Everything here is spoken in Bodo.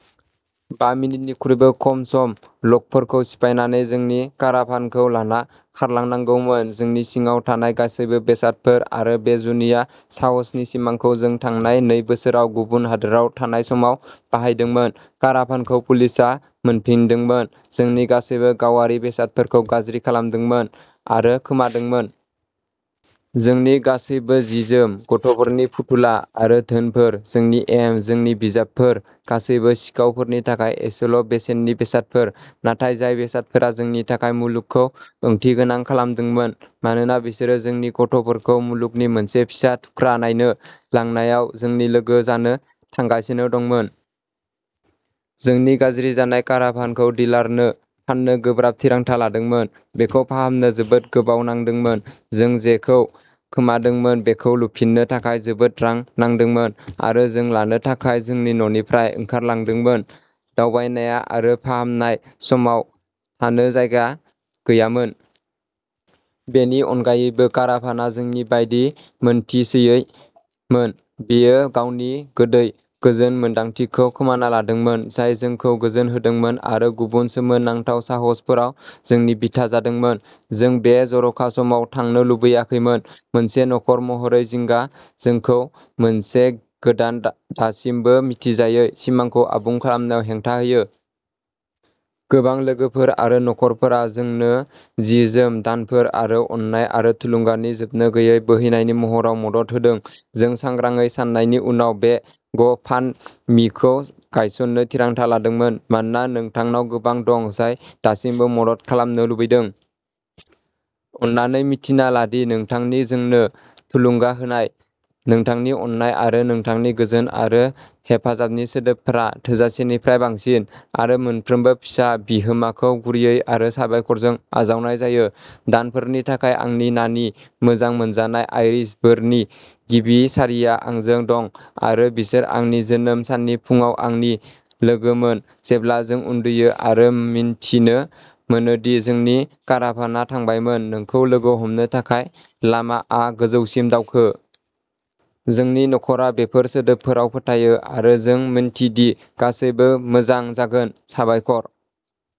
बा मिनिटनिख्रुइबो खम सम ल'कफोरखौ सिफायनानै जोंनि काराभानखौ लाना खारलांनांगौमोन, जोंनि सिङाव थानाय गासैबो बेसादफोर, आरो बे जुनिया साहसनि सिमांखौ जों थांनाय नै बोसोराव गुबुन हादोराव थानाय समाव बाहायदोंमोन। काराभानखौ पुलिसआ मोनफिनदोंमोन, जोंनि गासैबो गावारि बेसादफोरखौ गाज्रि खालामदोंमोन आरो खोमादोंमोन। जोंनि गासैबो जि जोम, गथ'फोरनि फुथुला आरो धोनफोर, जोंनि एम, जोंनि बिजाबफोर गासैबो सिखावफोरनि थाखाय एसेल' बेसेननि बेसादफोर, नाथाय जाय बेसादफोरा जोंनि थाखाय मुलुगखौ ओंथिगोनां खालामदोंमोन मानोना बिसोरो जोंनि गथ'फोरखौ मुलुगनि मोनसे फिसा थुख्रा नायनो लांनायाव जोंनि लोगो जानो थांगासिनो दंमोन। जोंनि गाज्रि जानाय काराभानखौ डिलारनो फान्नो गोब्राब थिरांथा लादोंमोन। बेखौ फाहामनो जोबोद गोबाव नांदोंमोन, जों जेखौ खोमादोंमोन बेखौ लुफिननो थाखाय जोबोद रां नांदोंमोन, आरो जों लानो थाखाय जोंनि न'निफ्राय ओंखारलांदोंमोन। दावबायनाया आरो फाहामनाय समाव थानो जायगा गैयामोन। बेनि अनगायैबो, काराभानआ जोंनि बायदि मोनथिसैयैमोन। बेयो गावनि गोदै, गोजोन मोन्दांथिखौ खोमाना लादोंमोन, जाय जोंखौ गोजोन होदोंमोन आरो गुबुन सोमोनांथाव साहसफोराव जोंनि बिथा जादोंमोन। जों बे जर'खा समाव थांनो लुगैयाखैमोन, मोनसे नखर महरै जिंगा जोंखौ मोनसे गोदान दासिमबो मिथिजायै सिमांखौ आबुं खालामनायाव हेंथा होयो। गोबां लोगोफोर आरो नखरफोरा जोंनो जि जोम, दानफोर, आरो अननाय आरो थुलुंगानि जोबनो गैयै बोहैनायनि महराव मदद होदों। जों सांग्राङै साननायनि उनाव, बे ग' फान्ड मिखौ गायसन्नो थिरांथा लादोंमोन, मानोना नोंथांनाव गोबां दं जाय दासिमबो मदद खालामनो लुबैदों। अन्नानै मिन्थिना ला दि नोंथांनि जोंनो थुलुंगा होनाय, नोंथांनि अननाय, आरो नोंथांनि गोजोन आरो हेफाजाबनि सोदोबफोरा थोजासेनिफ्राय बांसिन, आरो मोनफ्रोमबो फिसा बिहोमाखौ गुरैयै आरो साबायखरजों आजावनाय जायो। दानफोरनि थाखाय आंनि नानानि मोजां मोनजानाय आइरिश बोरनि गिबि सारिआ आंजों दं, आरो बिसोर आंनि जोनोम साननि फुंआव आंनि लोगोमोन जेब्ला जों उन्दुयो आरो मिनथिनो मोनो दि जोंनि काराभानआ थांबायमोनः "नोंखौ लोगो हमनो थाखाय लामाआ गोजौसिम दावखो।" जोंनि नखरा बेफोर सोदोबफोराव फोथायो, आरो जों मिन्थिदि गासैबो मोजां जागोन। साबायखर।